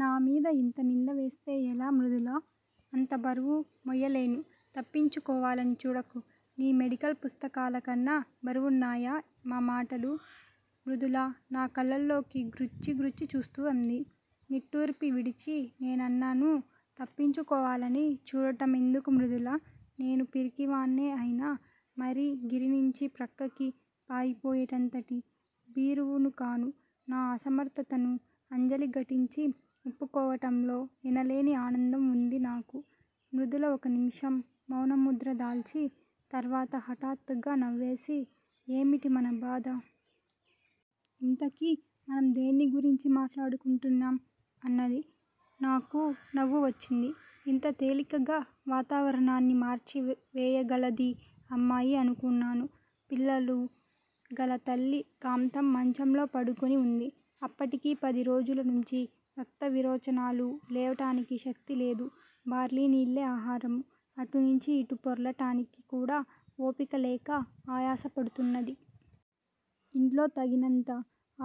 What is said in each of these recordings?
నామీద యింత నిందవేస్తే ఎలా మృదులా! అంతబరువు మొయ్యలేను! తప్పించుకోవాలని చూడకు. నీ మెడికల్ పుస్తకాలకన్నా బరువున్నాయా మా మాటలు? మృదులా నా కళ్ళల్లోకి గ్రుచ్చి గ్రుచ్చి చూస్తూ అంది. నిట్టూర్పు విడిచి నేనన్నాను తప్పించుకోవాలని చూడటమెందుకు మృదులా? నేను పిరికివాణ్ణే అయినా మరీ గిరినుంచి ప్రక్కకి పారిపోయేటంతటి భీరువునుకాను నా అసమర్ధతను అంజలి ఘటించి ఒప్పుకోవటంలో ఎనలేని ఆనందం వుంది నాకు మృదుల ఒక నిమిషం మౌనముద్రదాల్చి, తర్వాత హఠాత్తుగా నవ్వేసి ఏమిటి మన బాధ? ఇంతకీ మనం దేన్నిగురించి మాట్లాడుకుంటున్నాం? అన్నది. నాకూ నవ్వు వచ్చింది. ఎంత తేలికగా వాతావరణాన్ని మార్చి వేయగలదీ అమ్మాయి అనుకున్నాను. పిల్లలు గల తల్లి కాంతం మంచంలో పడుకొని వుంది. అప్పటికి పదిరోజుల నుంచీ రక్త విరోచనాలు. లేవటానికి శక్తి లేదు. బార్లినీళ్ళే ఆహారము. అటునుంచి యిటు పొర్లటానికి కూడా ఓపిక లేక ఆయాస పడుతున్నది. ఇంట్లో తగినంత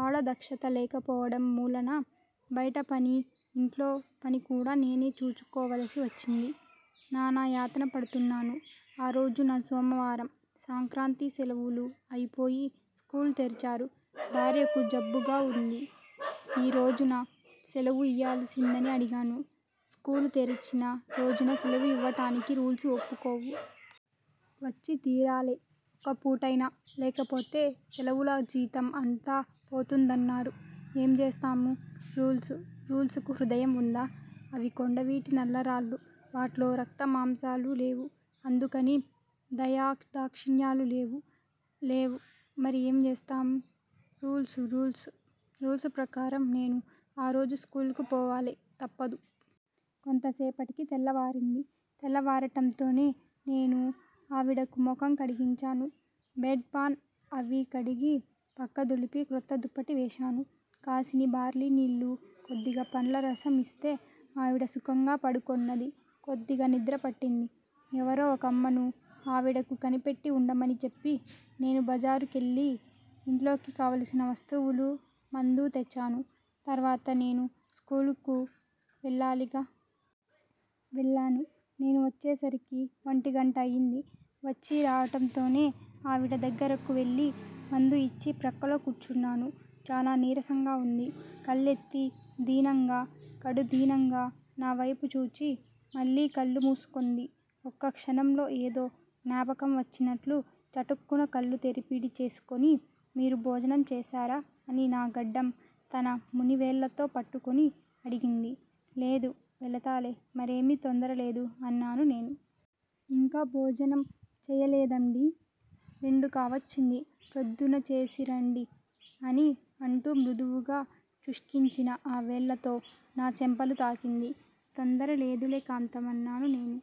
ఆడదక్షత లేకపోవడం మూలన బయటపని ఇంట్లో పనికూడా నేనే చూచుకో వలసి వచ్చింది. నానాయాతన పడుతున్నాను. ఆ రోజున సోమవారం సంక్రాంతి సెలవులు అయిపోయి స్కూలు తెరిచారు. భార్యకు జబ్బుగా వుంది. ఈ రోజున సెలవు ఇయ్యాలిసిందని అడిగాను. స్కూలు తెరిచిన రోజున సెలవు యివ్వటానికి రూల్సు ఒప్పుకోవు. వచ్చి తీరాలె ఒక్క పూటైనా, లేకపోతే సెలవుల జీతం అంతా పోతుందన్నారు. ఏం జేస్తాము. రూల్సు! రూల్సుకు హృదయం ఉందా? అవి కొండవీటి నల్ల రాళ్ళు. వాట్లో రక్తమాంసాలు లేవు, అందుకని దయాదాక్షిణ్యాలు లేవు. లేవు మరి ఏం జేస్తామ్! రూల్సు! రూల్సు! రూల్సు ప్రకారం నేను ఆ రోజు స్కూలుకు పోవాలె, తప్పదు. కొంతసేపటికి తెల్లవారింది. తెల్లవారటంతోనే నేనూ ఆవిడకు మొఖం కడిగించాను, బెడ్ పాన్ అవీ కడిగి, పక్క దులిపి_క్రొత్త దుప్పటి వేశాను. కాసిని బార్లీ నీళ్ళు కొద్దిగా పండ్లరసం యిస్తే ఆవిడ సుఖంగా పడుకొన్నది. కొద్దిగా నిద్ర పట్టింది. ఎవరో ఒకమ్మను, ఆవిడకు కనిపెట్టివుండమని చెప్పి, నేను బజారు కెళ్ళి ఇంట్లోకి కావలసిన వస్తువులూ; మందూ తెచ్చాను తరువాత నేను స్కూలుకు వెళ్ళాలిగా! వెళ్ళాను. నేను వచ్చేసరికి ఒంటిగంట అయింది. వచ్చీ రావటంతోనే ఆవిడ దగ్గరకు వెళ్ళి మందుయిచ్చి ప్రక్కలో కూర్చున్నాను. చాలా నీరసంగా ఉంది, కళ్ళెత్తి దీనంగా_కడు దీనంగా నా వైపు చూచి మళ్ళీ కళ్ళు మూసుకొంది. ఒక్క క్షణంలో ఏదో జ్ఞాపకం వచ్చినట్లు చటుక్కున కళ్ళు తెరిపిడి చేసికొని, మీరు భోజనం చేశారా అని నా గడ్డం తన మునివేళ్ళతో పట్టుకొని అడిగింది, లేదు, వెళతాలే, మరేమీ తొందరలేదు అన్నాను నేను. ఇంకా భోజనం చెయ్యలేదండీ? రెండు కావచ్చింది. ప్రొద్దున చేసిరండీ అని అంటూ మృదువుగా శుష్కించిన ఆ వేళ్ళతో నా చెంపలు తాకింది, తొందర లేదులే కాంతం అన్నాను నేను.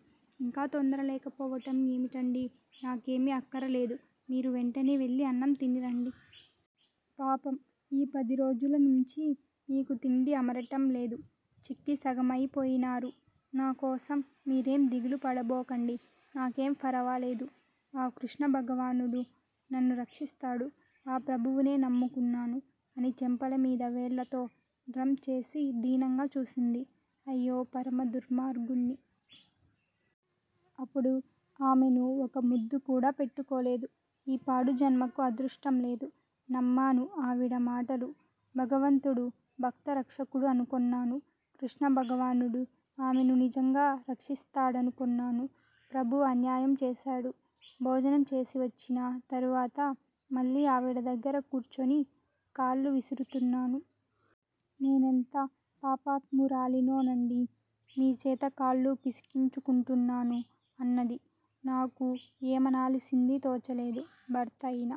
ఇంకా తొందర లేకపోవటం ఏమిటండీ? నాకేమీ అక్కరలేదు. మీరు వెంటనే వెళ్ళి అన్నం తిని రండి. పాపం, ఈ పదిరోజుల నుంచీ మీకు తిండి అమరటం లేదు. చిక్కి సగమయి పోయినారు, నాకోసం మీరేం దిగులుపడబోకండి. నాకేం ఫరవాలేదు. ఆ కృష్ణభగవానుడు నన్ను రక్షిస్తాడు. ఆ ప్రభువునే నమ్ముకున్నాను. అని చెంపల మీద వేళ్ళతో డ్రం చేసి దీనంగా చూసింది. అయ్యో పరమదుర్మార్గుణ్ణి. అపుడు ఆమెను ఒక ముద్దుకూడా పెట్టుకోలేదు. ఈ పాడుజన్మకు అదృష్టం లేదు. నమ్మాను ఆవిడ మాటలు. భగవంతుడు భక్త రక్షకుడు అనుకొన్నాను. కృష్ణ భగవానుడు ఆమెను నిజంగా రక్షిస్తాడనుకొన్నాను. ప్రభువు అన్యాయం చేశాడు. భోజనం చేసివచ్చిన తరువాత మళ్ళీ ఆవిడ దగ్గర కూర్చుని కాళ్ళు విసురుతున్నాను. నేనెంత పాపాత్మురాలినో నండి. మీచేత కాళ్ళు పిసికించుకుంటున్నాను అన్నది, నాకు ఏమనాలిసింది తోచలేదు, భర్త అయిన